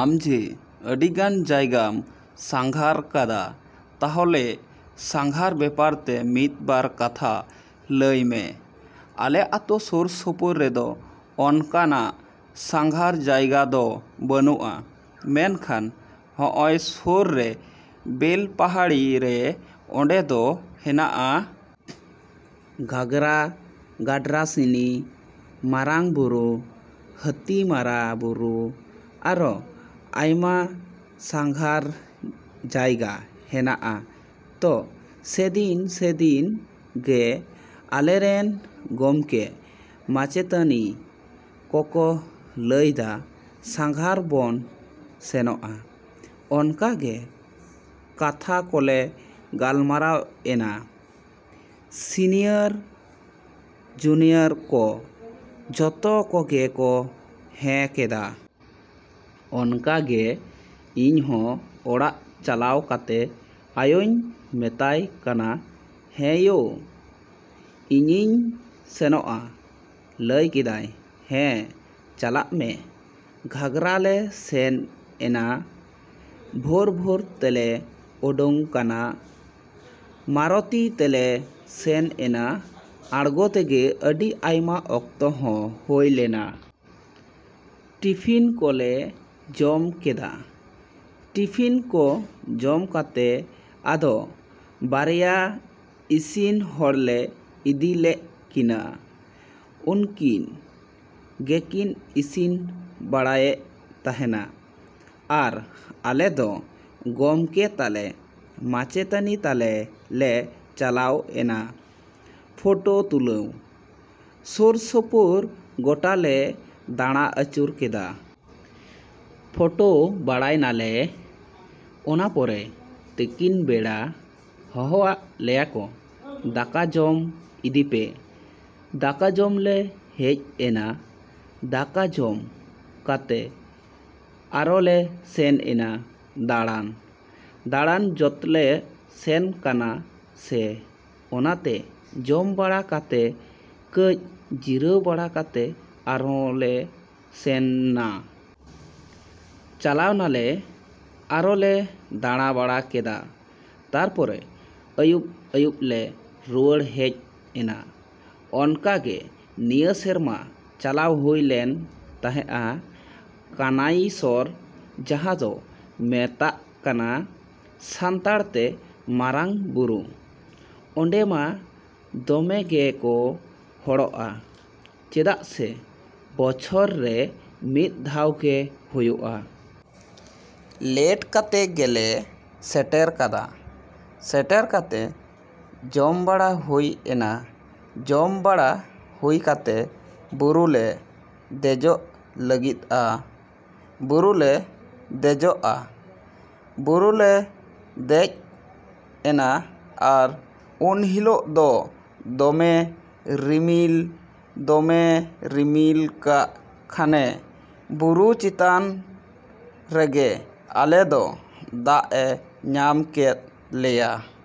‎ᱟᱢ ᱡᱮ ᱟᱹᱰᱤᱜᱟᱱ ᱡᱟᱭᱜᱟᱢ ᱥᱟᱸᱜᱷᱟᱨ ᱠᱟᱫᱟ, ᱛᱟᱦᱚᱞᱮ ᱥᱟᱸᱜᱷᱟᱨ ᱵᱮᱯᱟᱨ ᱛᱮ ᱢᱤᱫ ᱵᱟᱨ ᱠᱟᱛᱷᱟ ᱞᱟᱹᱭ ᱢᱮ᱾ ᱟᱞᱮ ᱟᱛᱳ ᱥᱩᱨ ᱥᱩᱯᱩᱨ ᱨᱮᱫᱚ ᱚᱱᱠᱟᱱ ᱥᱟᱸᱜᱷᱟᱨ ᱡᱟᱭᱜᱟ ᱫᱚ ᱵᱟᱹᱱᱩᱜᱼᱟ, ᱢᱮᱱᱠᱷᱟᱱ ᱦᱚᱜᱼᱚᱭ ᱥᱩᱨ ᱨᱮ ᱵᱮᱞᱯᱟᱦᱟᱲᱤ ᱨᱮ ᱚᱸᱰᱮ ᱫᱚ ᱦᱮᱱᱟᱜᱼᱟ᱾ ᱜᱷᱟᱜᱽᱨᱟ, ᱜᱟᱰᱨᱟᱥᱤᱱᱤ, ᱢᱟᱨᱟᱝᱼᱵᱩᱨᱩ, ᱦᱟᱹᱛᱤ ᱢᱟᱨᱟ ᱵᱩᱨᱩ, ᱟᱨᱚ ᱟᱭᱢᱟ ᱥᱟᱸᱜᱷᱟᱨ ᱡᱟᱭᱜᱟ ᱦᱮᱱᱟᱜᱼᱟ᱾ ᱛᱚ ᱥᱮᱫᱤᱱ ᱥᱮᱫᱤᱱ ᱜᱮ ᱟᱞᱮᱨᱮᱱ ᱜᱚᱢᱠᱮ ᱢᱟᱪᱮᱛᱟᱹᱱᱤ ᱠᱚᱠᱚ ᱞᱟᱹᱭᱫᱟ ᱥᱟᱸᱜᱷᱟᱨ ᱵᱚᱱ ᱥᱮᱱᱚᱜᱼᱟ᱾ ᱚᱱᱠᱟᱜᱮ ᱠᱟᱛᱷᱟ ᱠᱚᱞᱮ ᱜᱟᱞᱢᱟᱨᱟᱣ ᱮᱱᱟ᱾ ᱥᱤᱱᱤᱭᱟᱨ ᱡᱩᱱᱤᱭᱟᱨ ᱠᱚ ᱡᱷᱚᱛᱚ ᱠᱚᱜᱮ ᱠᱚ ᱦᱮᱸ ᱠᱮᱫᱟ᱾ ᱚᱱᱠᱟᱜᱮ ᱤᱧ ᱦᱚᱸ ᱚᱲᱟᱜ ᱪᱟᱞᱟᱣ ᱠᱟᱛᱮ ᱟᱭᱳᱧ ᱢᱮᱛᱟᱭ ᱠᱟᱱᱟ, "ᱦᱮᱸ ᱭᱳ, ᱤᱧᱤᱧ ᱥᱮᱱᱚᱜᱼᱟ᱾" ᱞᱟᱹᱭ ᱠᱮᱫᱟᱭ, "ᱦᱮᱸ, ᱪᱟᱞᱟᱜ ᱢᱮ᱾" ᱜᱷᱟᱜᱽᱨᱟ ᱞᱮ ᱥᱮᱱ ᱮᱱᱟ᱾ ᱵᱷᱳᱨ ᱵᱷᱳᱨ ᱛᱮᱞᱮ ᱩᱰᱩᱝ ᱠᱟᱱᱟ᱾ ᱢᱟᱨᱚᱛᱤ ᱛᱮᱞᱮ ᱥᱮᱱ ᱮᱱᱟ᱾ ᱟᱬᱜᱳ ᱛᱮᱜᱮ ᱟᱹᱰᱤ ᱟᱭᱢᱟ ᱚᱠᱛᱚ ᱦᱚᱸ ᱦᱳᱭ ᱞᱮᱱᱟ᱾ ᱴᱤᱯᱷᱤᱱ ᱠᱚᱞᱮ ᱡᱚᱢ ᱠᱮᱫᱟ᱾ ᱴᱤᱯᱷᱤᱱ ᱠᱚ ᱡᱚᱢ ᱠᱟᱛᱮ ᱟᱫᱚ ᱵᱟᱨᱭᱟ ᱤᱥᱤᱱ ᱦᱚᱲᱞᱮ ᱤᱫᱤ ᱞᱮᱜ ᱠᱤᱱᱟ᱾ ᱩᱱᱠᱤᱱ ᱜᱮᱠᱤᱱ ᱤᱥᱤᱱ ᱵᱟᱲᱟᱭᱮᱜ ᱛᱟᱦᱮᱱᱟ᱾ ᱟᱨ ᱟᱞᱮ ᱫᱚ ᱜᱚᱢᱠᱮ ᱛᱟᱞᱮ, ᱢᱟᱪᱮᱛᱟᱹᱱᱤ ᱛᱟᱞᱮ ᱞᱮ ᱪᱟᱞᱟᱣ ᱮᱱᱟ ᱯᱷᱳᱴᱳ ᱛᱩᱞᱟᱹᱣ᱾ ᱥᱩᱨ ᱥᱩᱯᱩᱨ ᱜᱳᱴᱟᱞᱮ ᱫᱟᱬᱟ ᱟᱹᱪᱩᱨ ᱠᱮᱫᱟ᱾ ᱯᱷᱳᱴᱳ ᱵᱟᱲᱟᱭ ᱱᱟᱞᱮ᱾ ᱚᱱᱟ ᱯᱚᱨᱮ ᱛᱤᱠᱤᱱ ᱵᱮᱲᱟ ᱦᱚᱦᱚᱣᱟᱜ ᱞᱮᱭᱟᱠᱚ, "ᱫᱟᱠᱟ ᱡᱚᱢ ᱤᱫᱤ ᱯᱮ᱾" ᱫᱟᱠᱟ ᱡᱚᱢᱞᱮ ᱦᱮᱡ ᱮᱱᱟ᱾ ᱫᱟᱠᱟ ᱡᱚᱢ ᱠᱟᱛᱮ ᱟᱨᱚ ᱞᱮ ᱥᱮᱱ ᱮᱱᱟ ᱫᱟᱬᱟᱱ᱾ ᱫᱟᱬᱟᱱ ᱡᱚᱛᱞᱮ ᱥᱮᱱ ᱠᱟᱱᱟ ᱥᱮ, ᱚᱱᱟᱛᱮ ᱡᱚᱢ ᱵᱟᱲᱟ ᱠᱟᱛᱮ ᱠᱟᱹᱡ ᱡᱤᱨᱟᱹᱣ ᱵᱟᱲᱟ ᱠᱟᱛᱮ ᱟᱨᱦᱚᱸ ᱞᱮ ᱥᱮᱱ ᱱᱟ᱾ ᱪᱟᱞᱟᱣ ᱱᱟᱞᱮ ᱟᱨᱚ ᱞᱮ ᱫᱟᱬᱟ ᱵᱟᱲᱟ ᱠᱮᱫᱟ᱾ ᱛᱟᱨᱯᱚᱨᱮ ᱟᱹᱭᱩᱵ ᱟᱹᱭᱩᱵᱞᱮ ᱨᱩᱣᱟᱹᱲ ᱦᱮᱡ ᱮᱱᱟ᱾ ᱚᱱᱠᱟᱜᱮ ᱱᱤᱭᱟᱹ ᱥᱮᱨᱢᱟ ᱪᱟᱞᱟᱣ ᱦᱩᱭ ᱞᱮᱱ ᱛᱟᱦᱮᱜᱼᱟ ᱠᱟᱱᱟᱭᱤᱥᱚᱨ ᱡᱟᱦᱟᱸ ᱫᱚ ᱢᱮᱛᱟᱜ ᱠᱟᱱᱟ ᱥᱟᱱᱛᱟᱲ ᱛᱮ ᱢᱟᱨᱟᱝᱼᱵᱩᱨᱩ, ᱚᱸᱰᱮ ᱢᱟ ᱫᱚᱢᱮ ᱜᱮᱠᱚ ᱦᱚᱲᱚᱜᱼᱟ ᱪᱮᱫᱟᱜ ᱥᱮ ᱵᱚᱪᱷᱚᱨ ᱨᱮ ᱢᱤᱫ ᱫᱷᱟᱣ ᱜᱮ ᱦᱩᱭᱩᱜᱼᱟ᱾ ᱞᱮᱴ ᱠᱟᱛᱮ ᱜᱮᱞᱮ ᱥᱮᱴᱮᱨ ᱠᱟᱫᱟ᱾ ᱥᱮᱴᱮᱨ ᱠᱟᱛᱮ ᱡᱚᱢ ᱵᱟᱲᱟ ᱦᱩᱭ ᱮᱱᱟ᱾ ᱡᱚᱢ ᱵᱟᱲᱟ ᱦᱩᱭ ᱠᱟᱛᱮ ᱵᱩᱨᱩᱞᱮ ᱫᱮᱡᱚᱜ ᱞᱟᱹᱜᱤᱫᱼᱟ᱾ ᱵᱩᱨᱩᱞᱮ ᱫᱮᱡᱚᱜᱼᱟ᱾ ᱵᱩᱨᱩᱞᱮ ᱫᱮᱡ ᱮᱱᱟ ᱟᱨ ᱩᱱ ᱦᱤᱞᱳᱜ ᱫᱚ ᱫᱚᱢᱮ ᱨᱤᱢᱤᱞ, ᱫᱚᱢᱮ ᱨᱤᱢᱤᱞ ᱠᱟᱜ ᱠᱷᱟᱱᱮ ᱵᱩᱨᱩ ᱪᱮᱛᱟᱱ ᱨᱮᱜᱮ ᱟᱞᱮ ᱫᱚ ᱫᱟᱜ ᱮ ᱧᱟᱢ ᱠᱮᱫ ᱞᱮᱭᱟ᱾